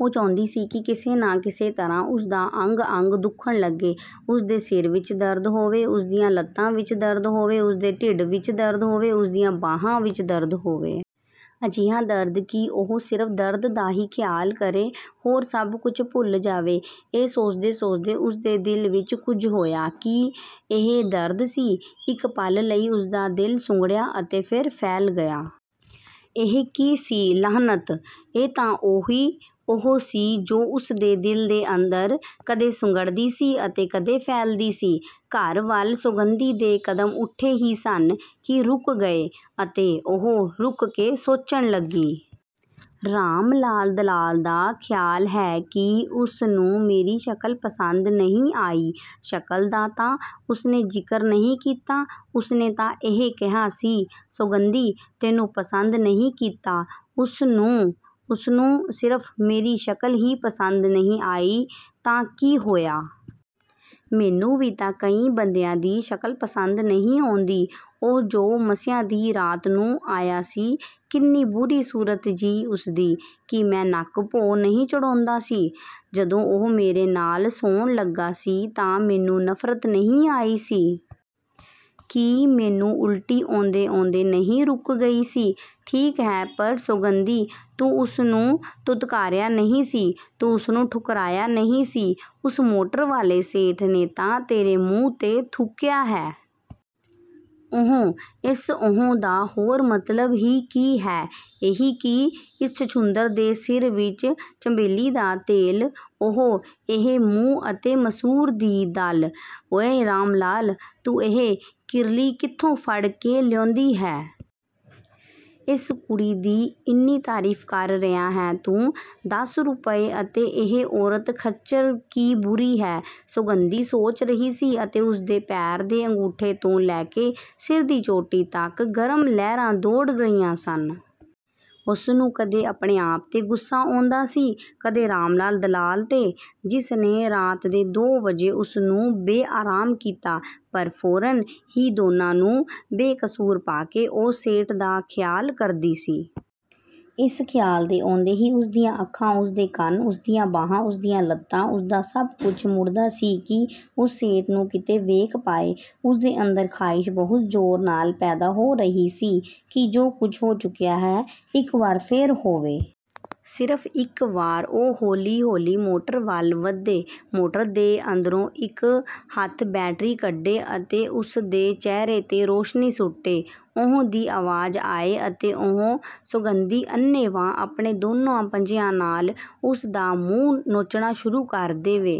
ਉਹ ਚਾਹੁੰਦੀ ਸੀ ਕਿ ਕਿਸੇ ਨਾ ਕਿਸੇ ਤਰ੍ਹਾਂ ਉਸਦਾ ਅੰਗ ਅੰਗ ਦੁੱਖਣ ਲੱਗੇ। ਉਸਦੇ ਸਿਰ ਵਿੱਚ ਦਰਦ ਹੋਵੇ, ਉਸਦੀਆਂ ਲੱਤਾਂ ਵਿੱਚ ਦਰਦ ਹੋਵੇ, ਉਸਦੇ ਢਿੱਡ ਵਿੱਚ ਦਰਦ ਹੋਵੇ, ਉਸਦੀਆਂ ਬਾਹਾਂ ਵਿੱਚ ਦਰਦ ਹੋਵੇ। ਅਜਿਹਾ ਦਰਦ ਕਿ ਉਹ ਸਿਰਫ ਦਰਦ ਦਾ ਹੀ ਖਿਆਲ ਕਰੇ, ਹੋਰ ਸਭ ਕੁਝ ਭੁੱਲ ਜਾਵੇ। ਇਹ ਸੋਚਦੇ ਸੋਚਦੇ ਉਸਦੇ ਦਿਲ ਵਿੱਚ ਕੁਝ ਹੋਇਆ। ਕੀ ਇਹ ਦਰਦ ਸੀ? ਇੱਕ ਪਲ ਲਈ ਉਸਦਾ ਦਿਲ ਸੁੰਗੜਿਆ ਅਤੇ ਫਿਰ ਫੈਲ ਗਿਆ। ਇਹ ਕੀ ਸੀ? ਲਾਹਨਤ! ਇਹ ਤਾਂ ਉਹੀ ਊਂਹ ਸੀ ਜੋ ਉਸਦੇ ਦਿਲ ਦੇ ਅੰਦਰ ਕਦੇ ਸੁੰਗੜਦੀ ਸੀ ਅਤੇ ਕਦੇ ਫੈਲਦੀ ਸੀ। ਘਰ ਵੱਲ ਸੌਗੰਧੀ ਦੇ ਕਦਮ ਉੱਠੇ ਹੀ ਸਨ ਕਿ ਰੁਕ ਗਏ ਅਤੇ ਉਹ ਰੁਕ ਕੇ ਸੋਚਣ ਲੱਗੀ। ਰਾਮ ਲਾਲ ਦਲਾਲ ਦਾ ਖਿਆਲ ਹੈ ਕਿ ਉਸਨੂੰ ਮੇਰੀ ਸ਼ਕਲ ਪਸੰਦ ਨਹੀਂ ਆਈ। ਸ਼ਕਲ ਦਾ ਤਾਂ ਉਸਨੇ ਜ਼ਿਕਰ ਨਹੀਂ ਕੀਤਾ। ਉਸਨੇ ਤਾਂ ਇਹ ਕਿਹਾ ਸੀ, ਸੌਗੰਧੀ ਤੈਨੂੰ ਪਸੰਦ ਨਹੀਂ ਕੀਤਾ। ਉਸਨੂੰ, ਉਸਨੂੰ, ਸਿਰਫ ਮੇਰੀ ਸ਼ਕਲ ਹੀ ਪਸੰਦ ਨਹੀਂ ਆਈ ਤਾਂ ਕੀ ਹੋਇਆ? ਮੈਨੂੰ ਵੀ ਤਾਂ ਕਈ ਬੰਦਿਆਂ ਦੀ ਸ਼ਕਲ ਪਸੰਦ ਨਹੀਂ ਆਉਂਦੀ। ਉਹ ਜੋ ਮੱਸਿਆ ਦੀ ਰਾਤ ਨੂੰ ਆਇਆ ਸੀ, ਕਿੰਨੀ ਬੁਰੀ ਸੂਰਤ ਜਿਹੀ ਉਸਦੀ। ਕੀ ਮੈਂ ਨੱਕ ਭੋਂ ਨਹੀਂ ਚੜ੍ਹਾਇਆ ਸੀ? ਜਦੋਂ ਉਹ ਮੇਰੇ ਨਾਲ ਸੌਣ ਲੱਗਾ ਸੀ ਤਾਂ ਮੈਨੂੰ ਨਫਰਤ ਨਹੀਂ ਆਈ ਸੀ? ਕੀ ਮੈਨੂੰ ਉਲਟੀ ਆਉਂਦੇ ਆਉਂਦੇ ਨਹੀਂ ਰੁਕ ਗਈ ਸੀ? ਠੀਕ ਹੈ, ਪਰ ਸੌਗੰਧੀ, ਤੂੰ ਉਸਨੂੰ ਧੁਤਕਾਰਿਆ ਨਹੀਂ ਸੀ। ਤੂੰ ਉਸਨੂੰ ਠੁਕਰਾਇਆ ਨਹੀਂ ਸੀ। ਉਸ ਮੋਟਰ ਵਾਲੇ ਸੇਠ ਨੇ ਤਾਂ ਤੇਰੇ ਮੂੰਹ ਤੇ ਥੁੱਕਿਆ ਹੈ। ਊਂਹ। ਇਸ ਊਂਹ ਦਾ ਹੋਰ ਮਤਲਬ ਹੀ ਕੀ ਹੈ? ਇਹੀ ਕਿ ਇਸ ਛੱਛੂੰਦਰ ਦੇ ਸਿਰ ਵਿੱਚ ਚੰਬੇਲੀ ਦਾ ਤੇਲ, ਉਹ, ਇਹ ਮੂੰਹ ਅਤੇ ਮਸੂਰ ਦੀ ਦਾਲ। ਓਏ ਰਾਮਲਾਲ, ਤੂੰ ਇਹ ਕਿਰਲੀ ਕਿੱਥੋਂ ਫੜ ਕੇ ਲਿਆਂਦੀ ਹੈ? ਇਸ ਕੁੜੀ ਦੀ ਇੰਨੀ ਤਾਰੀਫ ਕਰ ਰਿਹਾ ਹੈ ਤੂੰ, ਦਸ ਰੁਪਏ ਅਤੇ ਇਹ ਔਰਤ ਖੱਚਰ ਕੀ ਬੁਰੀ ਹੈ। ਸੌਗੰਧੀ ਸੋਚ ਰਹੀ ਸੀ ਅਤੇ ਉਸਦੇ ਪੈਰ ਦੇ ਅੰਗੂਠੇ ਤੋਂ ਲੈ ਕੇ ਸਿਰ ਦੀ ਚੋਟੀ ਤੱਕ ਗਰਮ ਲਹਿਰਾਂ ਦੌੜ ਰਹੀਆਂ ਸਨ। ਉਸਨੂੰ ਕਦੇ ਆਪਣੇ ਆਪ ਤੇ ਗੁੱਸਾ ਆਉਂਦਾ ਸੀ, ਕਦੇ ਰਾਮਲਾਲ ਦਲਾਲ ਤੇ ਜਿਸ ਨੇ ਰਾਤ ਦੇ ਦੋ ਵਜੇ ਉਸਨੂੰ ਬੇਆਰਾਮ ਕੀਤਾ। ਪਰ ਫੌਰਨ ਹੀ ਦੋਨਾਂ ਨੂੰ ਬੇਕਸੂਰ ਪਾ ਕੇ ਉਹ ਸੇਠ ਦਾ ਖਿਆਲ ਕਰਦੀ ਸੀ। ਇਸ ਖਿਆਲ ਦੇ ਆਉਂਦੇ ਹੀ ਉਸਦੀਆਂ ਅੱਖਾਂ, ਉਸਦੇ ਕੰਨ, ਉਸਦੀਆਂ ਬਾਹਾਂ, ਉਸਦੀਆਂ ਲੱਤਾਂ, ਉਸਦਾ ਸਭ ਕੁਝ ਮੁੜਦਾ ਸੀ ਕਿ ਉਸ ਸੇਠ ਨੂੰ ਕਿਤੇ ਵੇਖ ਪਾਏ। ਉਸਦੇ ਅੰਦਰ ਖਾਹਿਸ਼ ਬਹੁਤ ਜ਼ੋਰ ਨਾਲ ਪੈਦਾ ਹੋ ਰਹੀ ਸੀ ਕਿ ਜੋ ਕੁਝ ਹੋ ਚੁੱਕਿਆ ਹੈ, ਇੱਕ ਵਾਰ ਫਿਰ ਹੋਵੇ। ਸਿਰਫ ਇੱਕ ਵਾਰ। ਉਹ ਹੌਲੀ ਹੌਲੀ ਮੋਟਰ ਵੱਲ ਵਧੇ। ਮੋਟਰ ਦੇ ਅੰਦਰੋਂ ਇੱਕ ਹੱਥ ਬੈਟਰੀ ਕੱਢੇ ਅਤੇ ਉਸਦੇ ਚਿਹਰੇ ਤੇ ਰੌਸ਼ਨੀ ਸੁੱਟੇ। ਊਂਹ ਦੀ ਆਵਾਜ਼ ਆਏ ਅਤੇ ਉਹ। ਸੌਗੰਧੀ ਅੰਨ੍ਹੇਵਾਹ ਆਪਣੇ ਦੋਨਾਂ ਪੰਜਿਆਂ ਨਾਲ ਉਸਦਾ ਮੂੰਹ ਨੋਚਣਾ ਸ਼ੁਰੂ ਕਰ ਦੇਵੇ।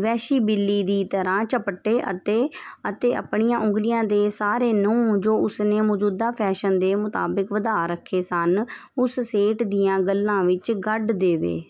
ਵਹਿਸ਼ੀ ਬਿੱਲੀ ਦੀ ਤਰ੍ਹਾਂ ਝਪਟੇ ਅਤੇ, ਅਤੇ ਆਪਣੀਆਂ ਉਂਗਲੀਆਂ ਦੇ ਸਾਰੇ ਨਹੁੰ ਜੋ ਉਸਨੇ ਮੌਜੂਦਾ ਫੈਸ਼ਨ ਦੇ ਮੁਤਾਬਕ ਵਧਾ ਰੱਖੇ ਸਨ, ਉਸ ਸੇਠ ਦੀਆਂ ਗੱਲਾਂ ਵਿੱਚ ਗੱਡ ਦੇਵੇ।